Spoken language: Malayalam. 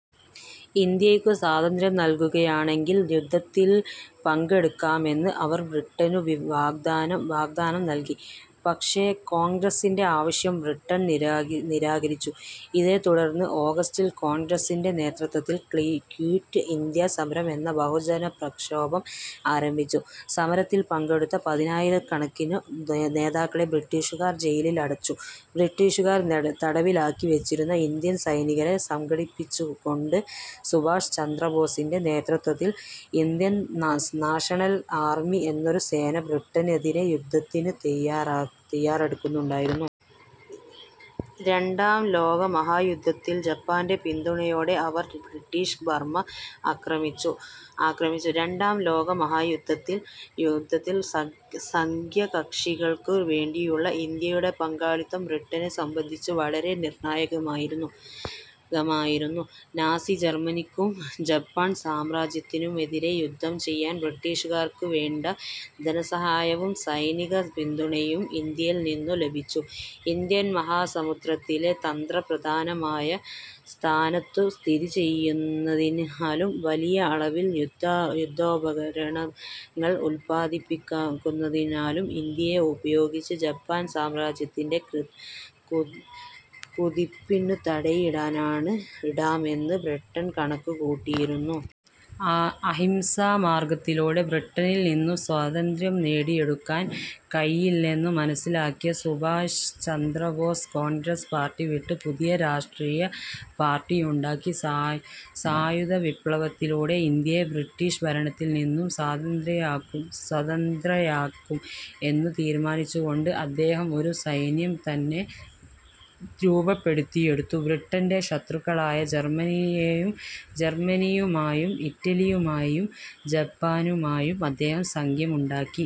ഇന്ത്യയ്ക്കു സ്വാതന്ത്ര്യം നൽകുകയാണെങ്കിൽ യുദ്ധത്തിൽ പങ്കെടുക്കാമെന്ന് അവർ ബ്രിട്ടനു വാഗ്ദാനം നൽകി. പക്ഷേ കോൺഗ്രസിന്റെ ആവശ്യം ബ്രിട്ടൻ നിരാകരിച്ചു. ഇതേത്തുടർന്ന് ഓഗസ്റ്റിൽ കോൺഗ്രസിന്റെ നേതൃത്വത്തിൽ ക്വിറ്റ് ഇന്ത്യാ സമരം എന്ന ബഹുജനപ്രക്ഷോഭം ആരംഭിച്ചു. സമരത്തിൽ പങ്കെടുത്ത പതിനായിരക്കണക്കിനു നേതാക്കളെ ബ്രിട്ടീഷുകാർ ജയിലിലടച്ചു. ബ്രിട്ടീഷുകാർ തടവിലാക്കി വച്ചിരുന്ന ഇന്ത്യൻ സൈനികരെ സംഘടിപ്പിച്ചുകൊണ്ട് സുഭാഷ് ചന്ദ്ര ബോസിന്റെ നേതൃത്വത്തിൽ ഇന്ത്യൻ നാഷണൽ ആർമി എന്നൊരു സേന ബ്രിട്ടനെതിരെ യുദ്ധത്തിനു തയ്യാറെടുക്കുന്നുണ്ടായിരുന്നു. രണ്ടാം ലോകമഹായുദ്ധത്തിൽ ജപ്പാന്റെ പിന്തുണയോടെ അവർ ബ്രിട്ടീഷ് ബർമ്മ ആക്രമിച്ചു. രണ്ടാം ലോകമഹായുദ്ധത്തിൽ സഖ്യകക്ഷികൾക്കു വേണ്ടിയുള്ള ഇന്ത്യയുടെ പങ്കാളിത്തം ബ്രിട്ടനെ സംബന്ധിച്ച് വളരെ നിർണ്ണായകമായിരുന്നു. നാസി ജർമ്മനിക്കും ജപ്പാൻ സാമ്രാജ്യത്തിനുമെതിരെ യുദ്ധം ചെയ്യാൻ ബ്രിട്ടീഷുകാർക്കു വേണ്ട ധനസഹായവും സൈനിക പിന്തുണയും ഇന്ത്യയിൽ നിന്നു ലഭിച്ചു. ഇന്ത്യൻ മഹാസമുദ്രത്തിലെ തന്ത്രപ്രധാനമായ സ്ഥാനത്തു സ്ഥിതിചെയ്യുന്നതിനാലും വലിയ അളവിൽ യുദ്ധോപകരണങ്ങൾ ഉൽപ്പാദിപ്പിക്കുന്നതിനാലും ഇന്ത്യയെ ഉപയോഗിച്ച് ജപ്പാൻ സാമ്രാജ്യത്തിന്റെ കുതിപ്പിനു തടയിടാമെന്ന് ബ്രിട്ടൺ കണക്കുകൂട്ടിയിരുന്നു. അഹിംസാ മാർഗ്ഗത്തിലൂടെ ബ്രിട്ടനിൽ നിന്നു സ്വാതന്ത്യം നേടിയെടുക്കാൻ കഴിയില്ലെന്നു മനസ്സിലാക്കിയ സുഭാഷ് ചന്ദ്ര ബോസ് കോൺഗ്രസ് പാർട്ടി വിട്ട് പുതിയ രാഷ്ട്രീയ പാർട്ടിയുണ്ടാക്കി. സായുധ വിപ്ലവത്തിലൂടെ ഇന്ത്യയെ ബ്രിട്ടീഷ് ഭരണത്തിൽ നിന്നു സ്വതന്ത്രയാക്കും എന്നു തീരുമാനിച്ചുകൊണ്ട് അദ്ദേഹം ഒരു സൈന്യം തന്നെ രൂപപ്പെടുത്തിയെടുത്തു. ബ്രിട്ടന്റെ ശത്രുക്കളായ ജർമ്മനിയുമായും ഇറ്റലിയുമായും ജപ്പാനുമായും അദ്ദേഹം സഖ്യമുണ്ടാക്കി.